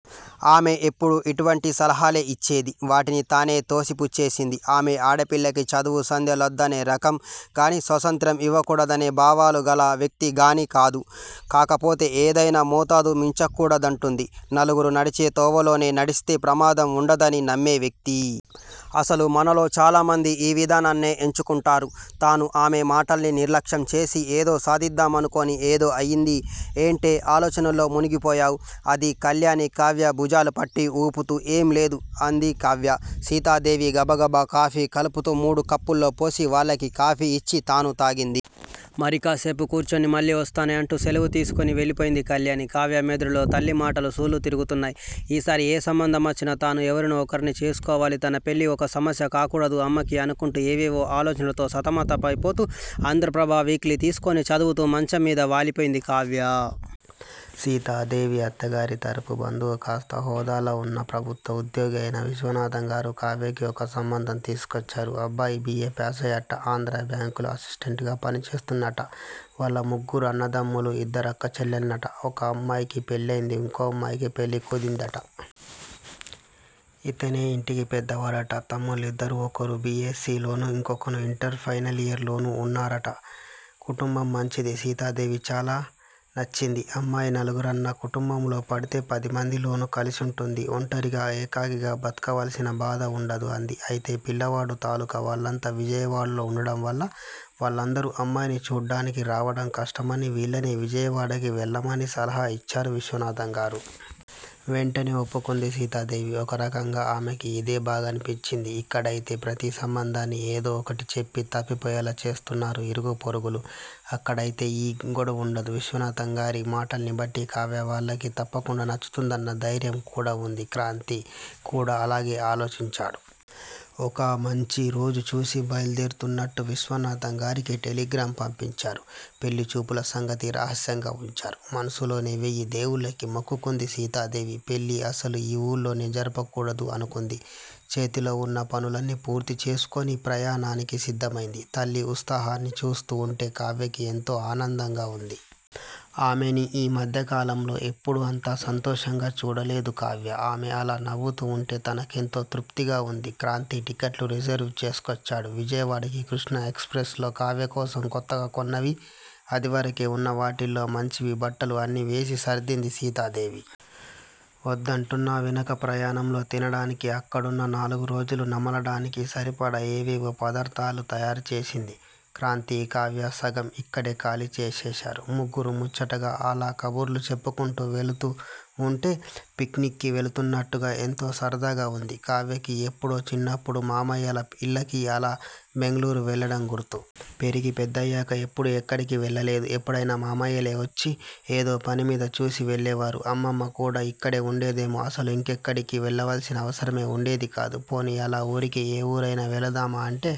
ఆమె ఎప్పుడూ ఇటువంటి సలహాలే ఇచ్చేది. వాటిని తనే తోసి పుచ్చేసింది. ఆమె ఆడపిల్లకి చదువు సంధ్య లొద్దనే రకం కానీ, స్వాతంత్ర్యం ఇవ్వకూడదనే భావాలు గల వ్యక్తి గానీ కాదు! కాకపోతే, ఏదైనా మోతాదు మించకూడదంటుంది. నలుగురూ నడిచే తోవలోనే నడిస్తే, ప్రమాదం వుండదని నమ్మే వ్యక్తి! అసలు మనలో చాలామంది, ఈ విధానాన్నే ఎంచుకుంటారు! తను ఆమె మాటల్ని నిర్లక్ష్యంచేసి, ఏదో సాదిద్దామనుకుని ఏదో అయింది. ' ఏంటే, ఆలోచనల్లో మునిగిపోయావ్? అది కళ్యాణి, కావ్య భుజాలుపట్టి ఊపుతూ. ఏం లేదు. అంది కావ్య! సీతాదేవి గబగబ కాఫీ కలుపుతూ మూడు కప్పుల్లో పోసి, వాళ్ళకి కాఫీ ఇచ్చి తనూ తాగింది. మరి కాస్సేపు కూర్చుని, మళ్ళీ ఒస్తానే అంటూ సెలవు తీసుకుని వెళ్ళిపోయింది కళ్యాణి. కావ్య మెదడులో తల్లి మాటలు సుళ్ళు తిరుగుతున్నాయ్. ఈసారి ఏ సంబంధ మొచ్చినా, తను ఎవరినో ఒకరిని చేసేసుకోవాలి! తన పెళ్ళి ఒక సమస్య కాకూడదు అమ్మకి! అనుకుంటూ ఏవేవో ఆలోచనలతో సంతమతమై పోతూ, ఆంధ్రప్రభ వీక్లీ తీసుకుని చదువుతూ మంచంమీద వాలిపోయింది కావ్య! సీతాదేవి అత్తగారి తరపు బంధువూ, కాస్త హోదాలో వున్న ప్రభుత్వోద్యోగీ అయిన విశ్వనాథంగారు, కావ్యకి ఒక సంబంధం తీకుకొచ్చారు. అబ్బాయి, బి. ఏ. ప్యాసయ్యాట్ట. ఆంధ్రా బ్యాంకులో అసిస్టెంటుగా పనిచేస్తున్నాట్ట. వాళ్ళు ముగ్గురన్నదమ్ములూ, ఇద్దరక్క చెళ్ళెళ్ళూనట. ఒక అమ్మాయికి పెళ్ళయింది. ఇంకో అమ్మాయి పెళ్ళి కుందిట. ఇతనే ఇంటికి పెద్దవాడట. తమ్ముళ్ళిద్దరూ ఒకరు, బి. ఎస్. సి. లోనూ ఇంకోతను ఇంటర్ ఫైనలియర్ లోనూ వున్నారట. కుటుంబం మంచిది. సీతాదేవి చాలా నచ్చింది. అమ్మాయి నలుగురున్న కుటుంబంలో పడితే, పదిమందిలోనూ కలిసుంటుంది. ఒంటరిగా ఏకాకిగా బతకవలసిన బాధ వుండదు అంది. అయితే పిల్లవాడు తాలూకూ వాళ్లంతా విజయవాడలో ఉండడంవల్ల వాళ్ళందరూ అమ్మాయిని చూడ్డానికి రావడం కష్టమని వీళ్ళనే విజయవాడకి వెళ్ళమని సలహా ఇచ్చారు విశ్వనాధంగారు. వెంటనే ఒప్పుకుంది సీతాదేవి. ఒకరకంగా ఆమెకి ఇదే బాగుందనిపించింది. ఇక్కడయితే ప్రతీ సంబంధాన్నీ ఏదో ఒకటి చెప్పి తప్పిపోయేలా చేస్తున్నారు ఇరుగు పొరుగులు. అక్కడయితే ఈ గొడవుండదు. విశ్వనాథంగారి మాటల్నిబట్టి, కావ్య వాళ్లకి తప్పకుండా నచ్చుతుందన్న ధైర్యం కూడా వుంది. క్రాంతి కూడా అలాగే ఆలోచించాడు. ఒక మంచి రోజు చూసి బయలుదేరుతూన్నట్టు విశ్వనాథంగారికి టెలిగ్రాం పంపించారు. పెళ్ళి చూపుల సంగతి రహస్యంగా వుంచారు. మనసులోనే వెయ్యి దేముళ్ళకి మొక్కుకుంది సీతాదేవి! పెళ్ళి అసలు ఈ ఊళ్లోనే జరపకూడదు, అనుకుంది. చేతిలో వున్న పన్లున్నీ పూర్తిచేసుకుని ప్రయాణానికి సిద్ధమైంది. తల్లి ఉత్సాహాన్ని చూస్తూ వుంటే కావ్యకి, ఎంతో ఆనందంగా వుంది. ఆమెని ఈ మధ్య కాలంలో ఎప్పుడూ అంత సంతోషంగా చూడలేదు కావ్య! ఆమె అలా నవ్వుతూ వుంటే తన కెంతో తృప్తిగా వుంది. క్రాంతి టిక్కెట్లు రిజర్వు చేసుకొచ్చాడు. విజయవాడకి కృష్ణా ఎక్స్ ప్రెస్ లో! కావ్య కోసం కొత్తగా కొన్నవీ, అదివరకే వున్న వాటిల్లో మంచివీ బట్టలు అన్నీ వేసి సర్దింది సీతాదేవి. ఒద్దంటున్నా వినక ప్రయాణంలో తినడానికీ, అక్కడున్న నాలుగురోజులూ నమలడానికి సరిపడా ఏవేవో పదార్ధాలు తయారుచేసింది. క్రాంతీ, కావ్యా సగం ఇక్కడే ఖాళీ చేసేశారు. ముగ్గురూ ముచ్చటగా అలా కబుర్లు చెప్పుకుంటూ వెళుతూ వుంటే, పిక్నిక్ కి వెళుతూన్నట్టుగా ఎంతో సరదాగా వుంది కావ్యకి. ఎప్పుడో చిన్నప్పుడు, మామయ్యల ఇళ్లకి అలా బెంగుళూరు వెళ్లడం గుర్తు! పెరిగి పెద్దయ్యాక ఎప్పుడూ ఎక్కడికీ వెళ్లలేదు. ఎప్పుడైనా మామయ్యలే ఒచ్చి ఏదో పనిమీద, చూసి వెళ్ళేవారు. అమ్మమ్మ కూడా ఇక్కడే వుండేదేమో అసలు ఇంకెక్కడికీ వెళ్లవలసిన అవసరమే వుండేది కాదు. పోనీ అలా ఊరికే ఎ ఊరైనా వెళదామా అంటే,